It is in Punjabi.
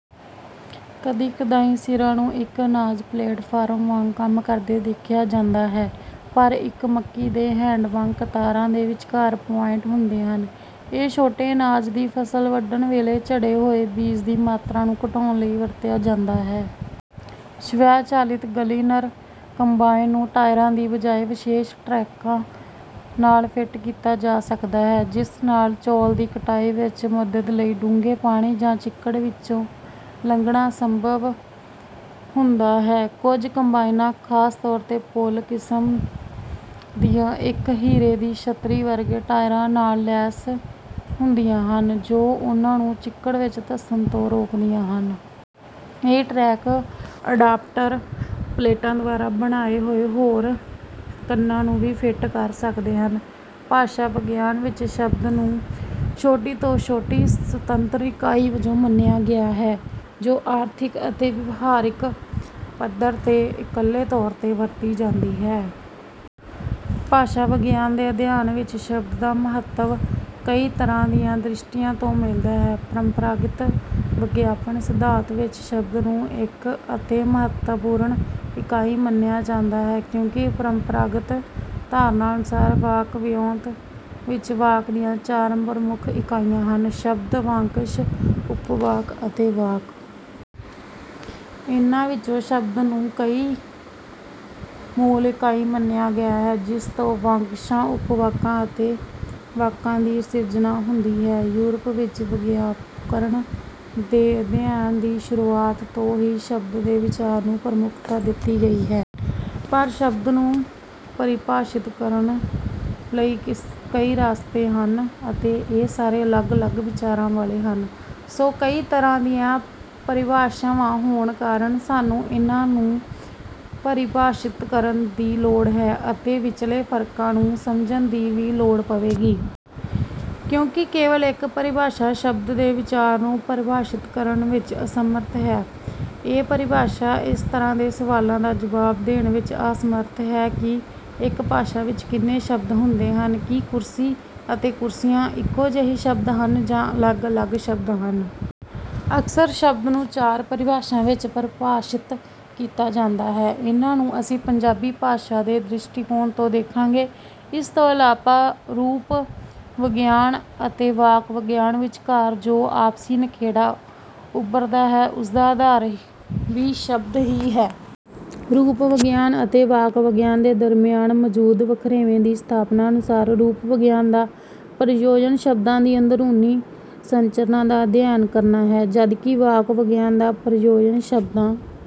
ਕਦੀ-ਕਦਾਈਂ ਸਿਰਾਂ ਨੂੰ ਇੱਕ ਅਨਾਜ ਪਲੇਟਫਾਰਮ ਵਾਂਗ ਕੰਮ ਕਰਦੇ ਦੇਖਿਆ ਜਾਂਦਾ ਹੈ, ਪਰ ਇੱਕ ਮੱਕੀ ਦੇ ਹੈੱਡ ਵਾਂਗ ਕਤਾਰਾਂ ਦੇ ਵਿਚਕਾਰ ਪੁਆਇੰਟ ਹੁੰਦੇ ਹਨ। ਇਹ ਛੋਟੇ ਅਨਾਜ ਦੀ ਫ਼ਸਲ ਵੱਢਣ ਵੇਲੇ ਝੜੇ ਹੋਏ ਬੀਜ ਦੀ ਮਾਤਰਾ ਨੂੰ ਘਟਾਉਣ ਲਈ ਵਰਤਿਆ ਜਾਂਦਾ ਹੈ। ਸਵੈ-ਚਾਲਿਤ ਗਲੀਨਰ ਕੰਬਾਈਨ ਨੂੰ ਟਾਇਰਾਂ ਦੀ ਬਜਾਏ ਵਿਸ਼ੇਸ਼ ਟਰੈਕਾਂ ਨਾਲ ਫਿੱਟ ਕੀਤਾ ਜਾ ਸਕਦਾ ਹੈ, ਜਿਸ ਨਾਲ ਚੌਲ ਦੀ ਕਟਾਈ ਵਿੱਚ ਮਦਦ ਲਈ ਡੂੰਘੇ ਪਾਣੀ ਜਾਂ ਚਿੱਕੜ ਵਿੱਚੋਂ ਲੰਘਣਾ ਸੰਭਵ ਹੁੰਦਾ ਹੈ। ਕੁਝ ਕੰਬਾਈਨਾਂ, ਖ਼ਾਸ ਤੌਰ ’ਤੇ ਪੁੱਲ ਕਿਸਮ ਦੀਆਂ, ਇੱਕ ਹੀਰੇ ਦੀ ਛੱਤਰੀ ਵਰਗੇ ਟਾਇਰਾਂ ਨਾਲ ਲੈਸ ਹੁੰਦੀਆਂ ਹਨ, ਜੋ ਉਨ੍ਹਾਂ ਨੂੰ ਚਿੱਕੜ ਵਿੱਚ ਧੱਸਣ ਤੋਂ ਰੋਕਦੀਆਂ ਹਨ। ਇਹ ਟਰੈਕ ਅਡਾਪਟਰ ਪਲੇਟਾਂ ਦੁਆਰਾ ਬਣਾਏ ਹੋਰ ਕੰਨਾਂ ਨੂੰ ਵੀ ਫਿੱਟ ਕਰ ਸਕਦੇ ਹਨ। ਭਾਸ਼ਾ-ਵਿਗਿਆਨ ਵਿੱਚ ‘ਸ਼ਬਦ’ ਨੂੰ ਛੋਟੀ ਤੋਂ ਛੋਟੀ ਸੁਤੰਤਰ ਇਕਾਈ ਵਜੋਂ ਮੰਨਿਆ ਗਿਆ ਹੈ, ਜੋ ਆਰਥਿਕ ਅਤੇ ਵਿਹਾਰਿਕ ਪੱਧਰ ’ਤੇ ਇੱਕਲੇ ਤੌਰ ’ਤੇ ਵਰਤੀ ਜਾਂਦੀ ਹੈ। ਭਾਸ਼ਾ-ਵਿਗਿਆਨ ਦੇ ਅਧਿਐਨ ਵਿੱਚ ‘ਸ਼ਬਦ’ ਦਾ ਮਹੱਤਵ ਕਈ ਤਰ੍ਹਾਂ ਦੀਆਂ ਦ੍ਰਿਸ਼ਟੀਆਂ ਤੋਂ ਮਿਲਦਾ ਹੈ। ਪਰੰਪਰਾਗਤ ਵਿਆਕਰਨ ਸਿਧਾਂਤ ਵਿੱਚ ‘ਸ਼ਬਦ’ ਨੂੰ ਇੱਕ ਅਤਿ ਮਹੱਤਵਪੂਰਨ ਇਕਾਈ ਮੰਨਿਆ ਜਾਂਦਾ ਹੈ। ਕਿਉਂਕਿ ਪਰੰਪਰਾਗਤ ਧਾਰਨਾ ਅਨੁਸਾਰ ਵਾਕ-ਵਿਓਂਤ ਵਿੱਚ ਵਾਕ ਦੀਆਂ ਚਾਰ ਪ੍ਰਮੁੱਖ ਇਕਾਈਆਂ ਹਨ—ਸ਼ਬਦ, ਵਾਕੰਸ਼, ਉਪਵਾਕ ਅਤੇ ਵਾਕ। ਇਨ੍ਹਾਂ ਵਿੱਚੋਂ ‘ਸ਼ਬਦ’ ਨੂੰ ਹੀ ਮੂਲ ਇਕਾਈ ਮੰਨਿਆ ਗਿਆ ਹੈ, ਜਿਸ ਤੋਂ ਵਾਕੰਸ਼ਾਂ, ਉਪਵਾਕਾਂ ਅਤੇ ਵਾਕਾਂ ਦੀ ਸਿਰਜਣਾ ਹੁੰਦੀ ਹੈ। ਯੂਰਪ ਵਿੱਚ ਵਿਆਕਰਨ ਦੇ ਅਧਿਐਨ ਦੀ ਸ਼ੁਰੂਆਤ ਤੋਂ ਹੀ ‘ਸ਼ਬਦ’ ਦੇ ਵਿਚਾਰ ਨੂੰ ਪ੍ਰਮੁੱਖਤਾ ਦਿੱਤੀ ਗਈ ਹੈ। ਪਰ ਸ਼ਬਦ ਨੂੰ ਪਰਿਭਾਸ਼ਿਤ ਕਰਨ ਲਈ ਕਈ ਰਸਤੇ ਹਨ ਅਤੇ ਇਹ ਸਾਰੇ ਅਲੱਗ-ਅਲੱਗ ਵਿਚਾਰਾਂ ਵਾਲੇ ਹਨ। ਸੋ, ਕਈ ਤਰ੍ਹਾਂ ਦੀਆਂ ਪਰਿਭਾਸ਼ਾਵਾਂ ਹੋਣ ਕਾਰਨ ਸਾਨੂੰ ਇਨ੍ਹਾਂ ਨੂੰ ਪਰਿਭਾਸ਼ਿਤ ਕਰਨ ਦੀ ਲੋੜ ਹੈ ਅਤੇ ਇਨ੍ਹਾਂ ਵਿਚਲੇ ਫ਼ਰਕਾਂ ਨੂੰ ਵੀ ਸਮਝਣ ਦੀ ਲੋੜ ਪਵੇਗੀ। ਕਿਉਂਕਿ ਕੇਵਲ ਇੱਕ ਪਰਿਭਾਸ਼ਾ ‘ਸ਼ਬਦ’ ਦੇ ਵਿਚਾਰ ਨੂੰ ਪਰਿਭਾਸ਼ਿਤ ਕਰਨ ਵਿੱਚ ਅਸਮਰੱਥ ਹੈ। ਇੱਕ ਪਰਿਭਾਸ਼ਾ ਇਸ ਤਰ੍ਹਾਂ ਦੇ ਸਵਾਲਾਂ ਦਾ ਜਵਾਬ ਦੇਣ ਵਿੱਚ ਅਸਮਰੱਥ ਹੈ ਕਿ ਇੱਕ ਭਾਸ਼ਾ ਵਿੱਚ ਕਿੰਨੇ ਸ਼ਬਦ ਹੁੰਦੇ ਹਨ ਅਤੇ ਕੀ ‘ਕੁਰਸੀ’ ਅਤੇ ‘ਕੁਰਸੀਆਂ’ ਇੱਕੋ ਸ਼ਬਦ ਹਨ ਜਾਂ ਅਲੱਗ-ਅਲੱਗ ਸ਼ਬਦ ਹਨ। ਅਕਸਰ ‘ਸ਼ਬਦ’ ਨੂੰ ਚਾਰ ਪਰਿਭਾਸ਼ਾਵਾਂ ਵਿੱਚ ਪਰਿਭਾਸ਼ਿਤ ਕੀਤਾ ਜਾਂਦਾ ਹੈ। ਅਸੀਂ ਇਨ੍ਹਾਂ ਨੂੰ ਪੰਜਾਬੀ ਭਾਸ਼ਾ ਦੇ ਦ੍ਰਿਸ਼ਟੀਕੋਣ ਤੋਂ ਦੇਖਾਂਗੇ। ਇਸ ਤੋਂ ਇਲਾਵਾ, ਰੂਪ-ਵਿਗਿਆਨ ਅਤੇ ਵਾਕ-ਵਿਗਿਆਨ ਵਿਚਕਾਰ ਜੋ ਆਪਸੀ ਨਿਖੇੜਾ ਉਭਰਦਾ ਹੈ, ਉਸ ਦਾ ਆਧਾਰ ਵੀ ‘ਸ਼ਬਦ’ ਹੀ ਹੈ। ਰੂਪ-ਵਿਗਿਆਨ ਅਤੇ ਵਾਕ-ਵਿਗਿਆਨ ਦੇ ਦਰਮਿਆਨ ਮੌਜੂਦ ਵਖਰੇਵੇਂ ਦੀ ਸਥਾਪਨਾ ਅਨੁਸਾਰ, ਰੂਪ-ਵਿਗਿਆਨ ਦਾ ਪ੍ਰਯੋਜਨ ਸ਼ਬਦਾਂ ਦੀ ਅੰਦਰੂਨੀ ਸੰਰਚਨਾ ਦਾ ਅਧਿਐਨ ਕਰਨਾ ਹੈ, ਜਦਕਿ ਵਾਕ-ਵਿਗਿਆਨ ਦਾ ਪ੍ਰਯੋਜਨ ਸ਼ਬਦਾਂ...